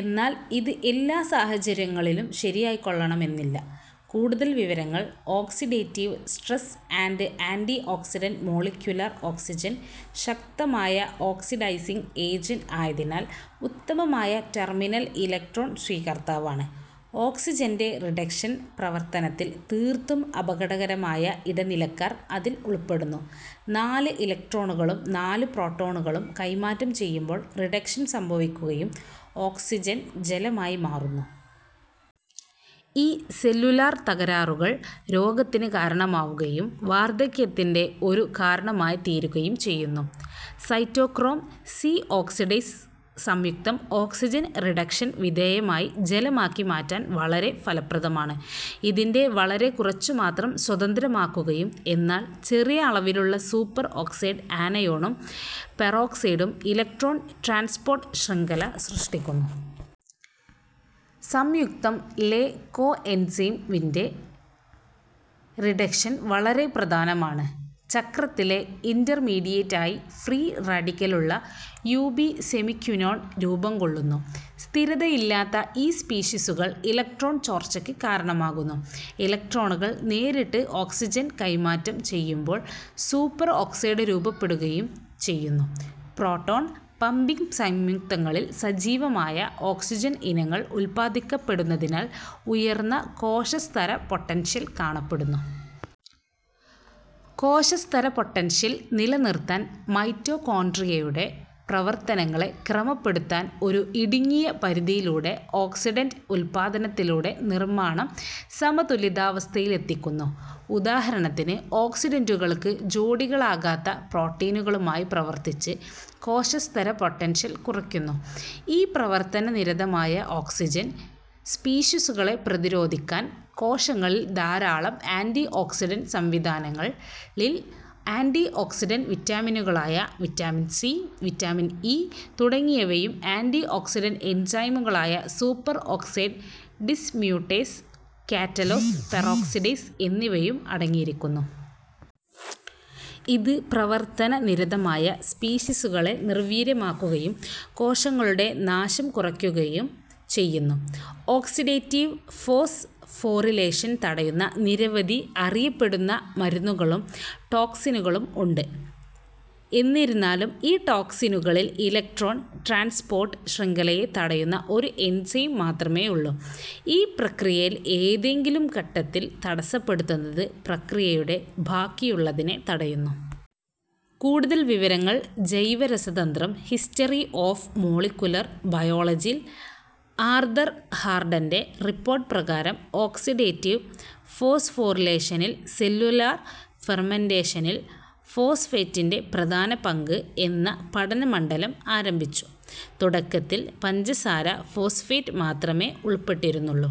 എന്നാൽ ഇത് എല്ലാ സാഹചര്യങ്ങളിലും ശരിയായിക്കൊള്ളണമെന്നില്ല. കൂടുതൽ വിവരങ്ങൾ: oxidative stress and antioxidant molecular oxygen ശക്തമായ ഓക്സിഡൈസിങ് ഏജന്റ് ആയതിനാൽ ഉത്തമമായ ടെർമിനൽ ഇലക്ട്രോൺ സ്വീകർത്താവാണ്. ഓക്സിജൻറെ റിഡക്ഷൻ പ്രവർത്തനത്തിൽ തീർത്തും അപകടകരമായ ഇടനിലക്കാർ അതിൽ ഉൾപ്പെടുന്നു. നാല് ഇലക്ട്രോണുകളും നാല് പ്രോട്ടോണുകളും കൈമാറ്റം ചെയ്യുമ്പോൾ റിഡക്ഷൻ സംഭവിക്കുകയും ഓക്സിജൻ ജലമായി മാറുന്നു. ഈ സെല്ലുലാർ തകരാറുകൾ രോഗത്തിന് കാരണമാവുകയും, വാർധക്യത്തിന്റെ ഒരു കാരണമായി തീരുകയും ചെയ്യുന്നു. സൈറ്റോക്രോം സി ഓക്സിഡേസ് സംയുക്തം ഓക്സിജൻ റിഡക്ഷന് വിധേയമായി ജലമാക്കി മാറ്റാൻ വളരെ ഫലപ്രദമാണ്. ഇതിൻറെ വളരെക്കുറച്ചു മാത്രം സ്വതന്ത്രമാകുകയും എന്നാൽ ചെറിയ അളവിലുള്ള സൂപ്പർ ഓക്സൈഡ് ആനയോണും പെറോക്സൈഡും ഇലക്ട്രോൺ ട്രാൻസ്പോർട്ട് ശൃംഖല സൃഷ്ടിക്കുന്നു. സംയുക്തം ലെ കോഎൻസൈം വിൻറെ റിഡക്ഷൻ വളരെ പ്രധാനമാണ്. ചക്രത്തിലെ ഇൻറർമീഡിയേറ്റ് ആയി ഫ്രീ റാഡിക്കലുള്ള യൂബിസെമിക്വിനോൺ രൂപംകൊള്ളുന്നു. സ്ഥിരതയില്ലാത്ത ഈ സ്പീഷീസുകൾ ഇലക്ട്രോൺ ചോർച്ചയ്ക്ക് കാരണമാകുന്നു. ഇലക്ട്രോണുകൾ നേരിട്ട് ഓക്സിജന് കൈമാറ്റം ചെയ്യുമ്പോൾ സൂപ്പർ ഓക്സൈഡ് രൂപപ്പെടുകയും ചെയ്യുന്നു. പ്രോട്ടോൺ-പമ്പിംഗ് സംയുക്തങ്ങളിൽ സജീവമായ ഓക്സിജൻ ഇനങ്ങൾ ഉത്പാദിപ്പിക്കപ്പെടുന്നതിനാൽ, ഉയർന്ന കോശസ്തര പൊട്ടൻഷ്യൽ കാണപ്പെടുന്നു. കോശസ്തര പൊട്ടൻഷ്യൽ നിലനിർത്താൻ മൈറ്റോകോൺട്രിയയുടെ പ്രവർത്തനങ്ങളെ ക്രമപ്പെടുത്താൻ ഒരു ഇടുങ്ങിയ പരിധിയിലൂടെ ഓക്സിഡൻറ് ഉത്പാദനത്തിലൂടെ നിർമ്മാണം സമതുലിതാവസ്ഥയിലെത്തിക്കുന്നു. ഉദാഹരണത്തിന്, ഓക്സിഡൻറുകൾക്ക് ജോഡികളാകാത്ത പ്രോട്ടീനുകളുമായി പ്രവർത്തിച്ച് കോശസ്തര പൊട്ടൻഷ്യൽ കുറയ്ക്കുന്നു. ഈ പ്രവർത്തനനിരതമായ ഓക്സിജൻ സ്പീഷീസുകളെ പ്രതിരോധിക്കാൻ കോശങ്ങളിൽ ധാരാളം ആന്റിഓക്സിഡന്റ് സംവിധാനങ്ങളിൽ ആൻറിഓക്സിഡന്റ് വിറ്റാമിൻനുകളായ വിറ്റാമിൻ സി, വിറ്റാമിൻ ഇ, തുടങ്ങിയവയും ആൻറിഓക്സിഡന്റ് എൻസൈമുകളായ super oxide dismutase, catalase, peroxidase എന്നിവയും അടങ്ങിയിരിക്കുന്നു. ഇത് പ്രവർത്തനനിരതമായ സ്പീഷീസുകളെ നിർവീര്യമാക്കുകയും കോശങ്ങളുടെ നാശം കുറയ്ക്കുകയും ചെയ്യുന്നു. ഓക്സിഡേറ്റീവ് ഫോസ്ഫോറിലേഷൻ തടയുന്ന നിരവധി അറിയപ്പെടുന്ന മരുന്നുകളും ടോക്സിനുകളും ഉണ്ട്. എന്നിരുന്നാലും ഈ ടോക്സിനുകളിൽ ഇലക്ട്രോൺ ട്രാൻസ്പോർട്ട് ശൃംഖലയെ തടയുന്ന ഒരു എൻസൈം മാത്രമേയുള്ളൂ. ഈ പ്രക്രിയയിൽ ഏതെങ്കിലും ഘട്ടത്തിൽ തടസ്സപ്പെടുത്തുന്നത് പ്രക്രിയയുടെ ബാക്കിയുള്ളതിനെ തടയുന്നു. കൂടുതൽ വിവരങ്ങൾ: ജൈവരസതന്ത്രം, ഹിസ്റ്ററി ഓഫ് മോളികുലർ ബയോളജി ൽ ആർതർ ഹാർഡൻറെ റിപ്പോർട്ട് പ്രകാരം ഓക്സിഡേറ്റീവ് ഫോസ്ഫോറിലേഷനിൽ സെല്ലുലാർ ഫെർമെന്റേഷനിൽ ഫോസ്ഫേറ്റിന്റെ പ്രധാന പങ്ക് എന്ന പഠനമണ്ഡലം ആരംഭിച്ചു. തുടക്കത്തിൽ പഞ്ചസാര ഫോസ്ഫേറ്റ് മാത്രമേ ഉൾപ്പെട്ടിരുന്നുള്ളൂ.